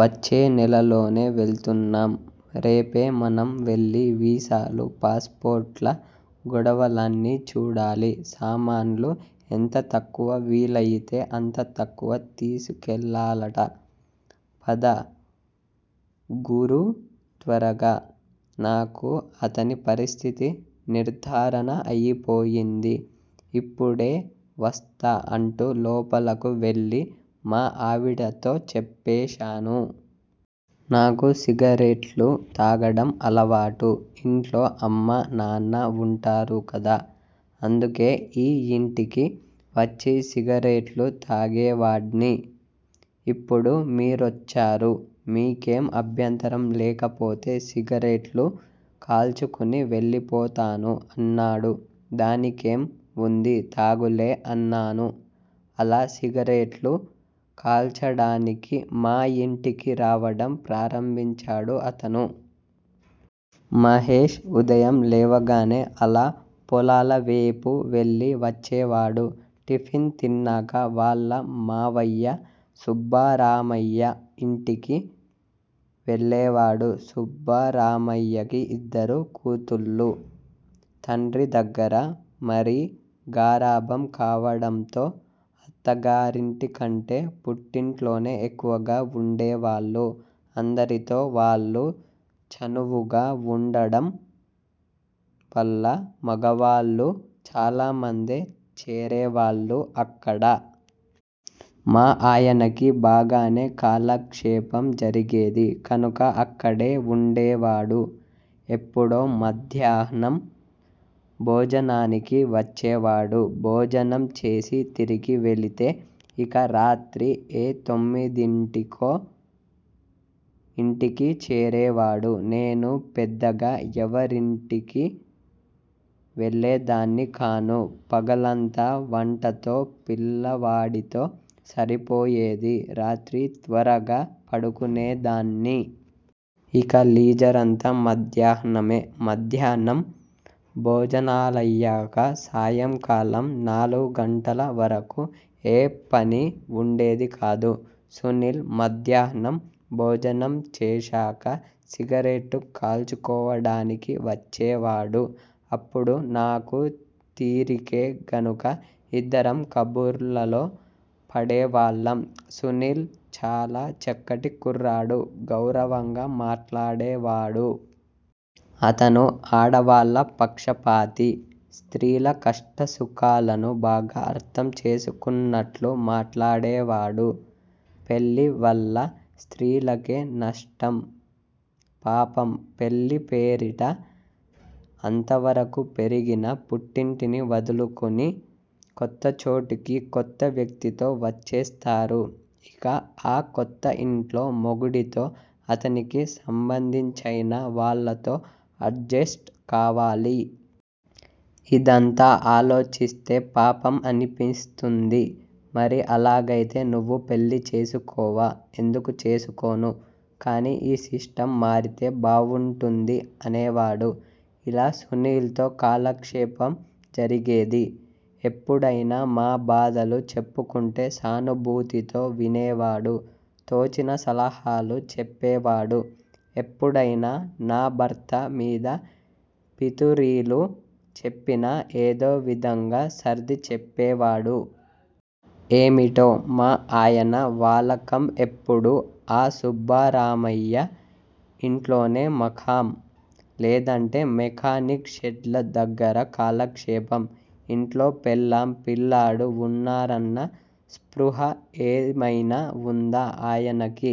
వచ్చే నెలలోనే వెళ్తున్నాం. రేపే మనం వెళ్ళి వీసాలు, పాస్ పోర్ట్ ల గొడవలన్నీ చూడాలి. సామాన్లు ఎంత తక్కువ వీలయితే అంత తక్కువ తీసుకెళ్ళాలట! పద గురూ త్వరగా. నాకు అతని పరిస్థితి నిర్ధారణ అయిపోయింది. ఇప్పుడే వస్తా అంటూ లోపలకు వెళ్ళి మా ఆవిడతో చెప్పేశాను. నాకు సిగరెట్లు తాగడం అలవాటు. ఇంట్లో అమ్మా నాన్న వుంటారు కదా. అందుకే ఈ యింటికి వచ్చి సిగరెట్లు తాగేవాడ్ని. ఇప్పుడు మీరొచ్చారు. మీకేం అభ్యంతరం లేకపోతే సిగరెట్లు కాల్చుకుని వెళ్ళిపోతాను. అన్నాడు. దానికేం వుంది తాగులే అన్నాను. అలా సిగరెట్లు కాల్చడానికి మా యింటికి రావడం ప్రారంభించాడు అతను. మహేశ్ ఉదయం లేవగానే అలా పొలాలవేపు వెళ్ళి వచ్చేవాడు. టిఫిన్ తిన్నాక వాళ్ళ మావయ్య సుబ్బరామయ్య యింటికి వెళ్ళేవాడు. సుబ్బరామయ్యకి ఇద్దరు కూతుళ్ళు. తండ్రి దగ్గర మరీ గారాబం కావడంతో అత్తగారింటికంటే పుట్టింట్లోనే ఎక్కువగా వుండేవాళ్ళు. అందరితో వాళ్ళు చనువుగా వుండడం వల్ల మగవాళ్ళు చాలామందే చేరేవాళ్ళు అక్కడ. మా ఆయనకి బాగానే కాలక్షేపం జరిగేది కనుక అక్కడే వుండేవాడు. ఎప్పుడో మధ్యాహ్నం భోజనానికి వచ్చేవాడు. భోజనం చేసి తిరిగి వెళితే ఇక రాత్రి ఏ తొమ్మిదింటికో ఇంటికి చేరేవాడు. నేను పెద్దగా ఎవరింటికీ వెళ్ళేదాన్ని కాను. పగలంతా వంటతో, పిల్లవాడితో సరిపోయేది. రాత్రి త్వరగా పడుకునేదాన్ని. ఇక లీజరంతా మధ్యాహ్నమే. మధ్యాహ్నం భోజనాలయ్యాక సాయంకాలం నాలుగు గంటల వరకూ ఏ పనీ వుండేది కాదు. సునీల్ మధ్యాహ్నం భోజనం చేశాక సిగరెట్టు కాల్చుకోవడానికి వచ్చేవాడు అప్పుడు నాకూ తీరికే గనుక ఇద్దరం కబుర్లలో పడేవాళ్ళం. సునీల్ చాలా చక్కటి కుర్రాడు. గౌరవంగా మాట్లాడేవాడు. అతను ఆడవాళ్ళ పక్షపాతి. స్త్రీల కష్టసుఖాలను బాగా అర్ధం చేసుకున్నట్లు మాట్లాడేవాడు. పెళ్ళి వల్ల స్త్రీలకే నష్టం, పాపం పెళ్ళి పేరిట అంతవరకు పెరిగిన పుట్టింటిని వదులుకుని, కొత్త చోటుకి, కొత్త వ్యక్తితో వచ్చేస్తారు. ఇక ఆ కొత్త ఇంట్లో మొగుడితో, అతనికి సంబంధించైనా వాళ్ళతో అడ్జెస్ట్ కావాలి. ఇదంతా ఆలోచిస్తే పాపం అనిపిస్తుంది. మరి అలాగైతే నువ్వు పెళ్ళి చేసుకోవా? ఎందుకు చేసుకోను? కానీ ఈ సిస్టమ్ మారితే బావుంటుంది అనేవాడు. ఇలా సునీల్ తో కాలక్షేపం జరిగేది. ఎప్పుడైనా మా బాధలు చెప్పుకుంటే సానుభూతితో వినేవాడు. తోచిన సలహాలు చెప్పేవాడు. ఎప్పుడైనా నా భర్త మీద పితూరీలు చెప్పినా ఏదో విధంగా సర్ది చెప్పేవాడు. ఏమిటో మా ఆయన వాలకం ఎప్పుడూ ఆ సుబ్బరామయ్య ఇంట్లోనే మకాం, లేదంటే మెకానిక్ షెడ్ల దగ్గర కాలక్షేపం, ఇంట్లో పెళ్ళాం, పిల్లాడు వున్నారన్న స్పృహ ఏమైనా వుందా ఆయనకి?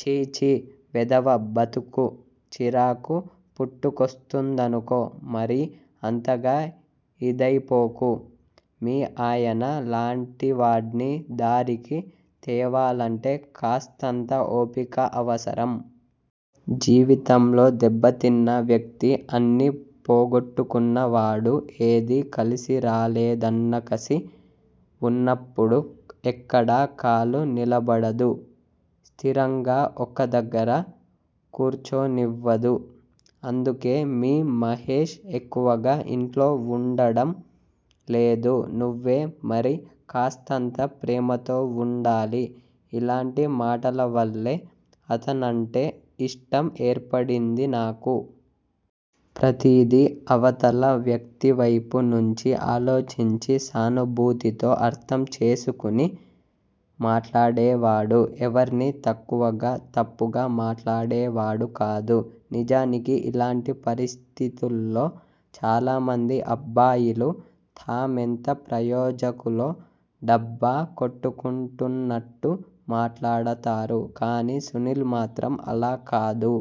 ఛీఛీ వెధవ బతుకు, చిరాకు పుట్టుకొస్తుందనుకో మరీ అంతగా ఇదైపోకు. మీ ఆయన లాంటివాడ్ని దారికి తేవాలంటే కాస్తంత ఓపిక అవసరం. జీవితంలో దెబ్బతిన్న వ్యక్తి అన్నీ పోగొట్టుకున్న వాడు ఏదీ కలిసిరాలేదన్నకసి వున్నప్పుడు ఎక్కడా కాలు నిలబడదు. స్థిరంగా ఒక దగ్గర కూర్చోనివ్వదు. అందుకే మీ మహేష్ ఎక్కువగా ఇంట్లో వుండడం లేదు నువ్వే మరి కాస్తంత ప్రేమతో వుండాలి. ఇలాంటి మాటలవల్లే అతనంటే ఇష్టం ఏర్పడింది నాకు. ప్రతిదీ అవతల వ్యక్తివైపు నుంచి ఆలోచించి, సానుభూతితో అర్ధం చేసుకుని మాట్లాడేవాడు ఎవర్నీ తక్కువగా, తప్పుగా మాట్లాడేవాడు కాదు. నిజానికి ఇలాంటి పరిస్థితుల్లో చాలామంది అబ్బాయిలు తామెంత ప్రయోజకులో డబ్బా కొట్టుకుంటున్నట్టు మాట్లాడతారు. కానీ సునీల్ మాత్రం అలా కాదు.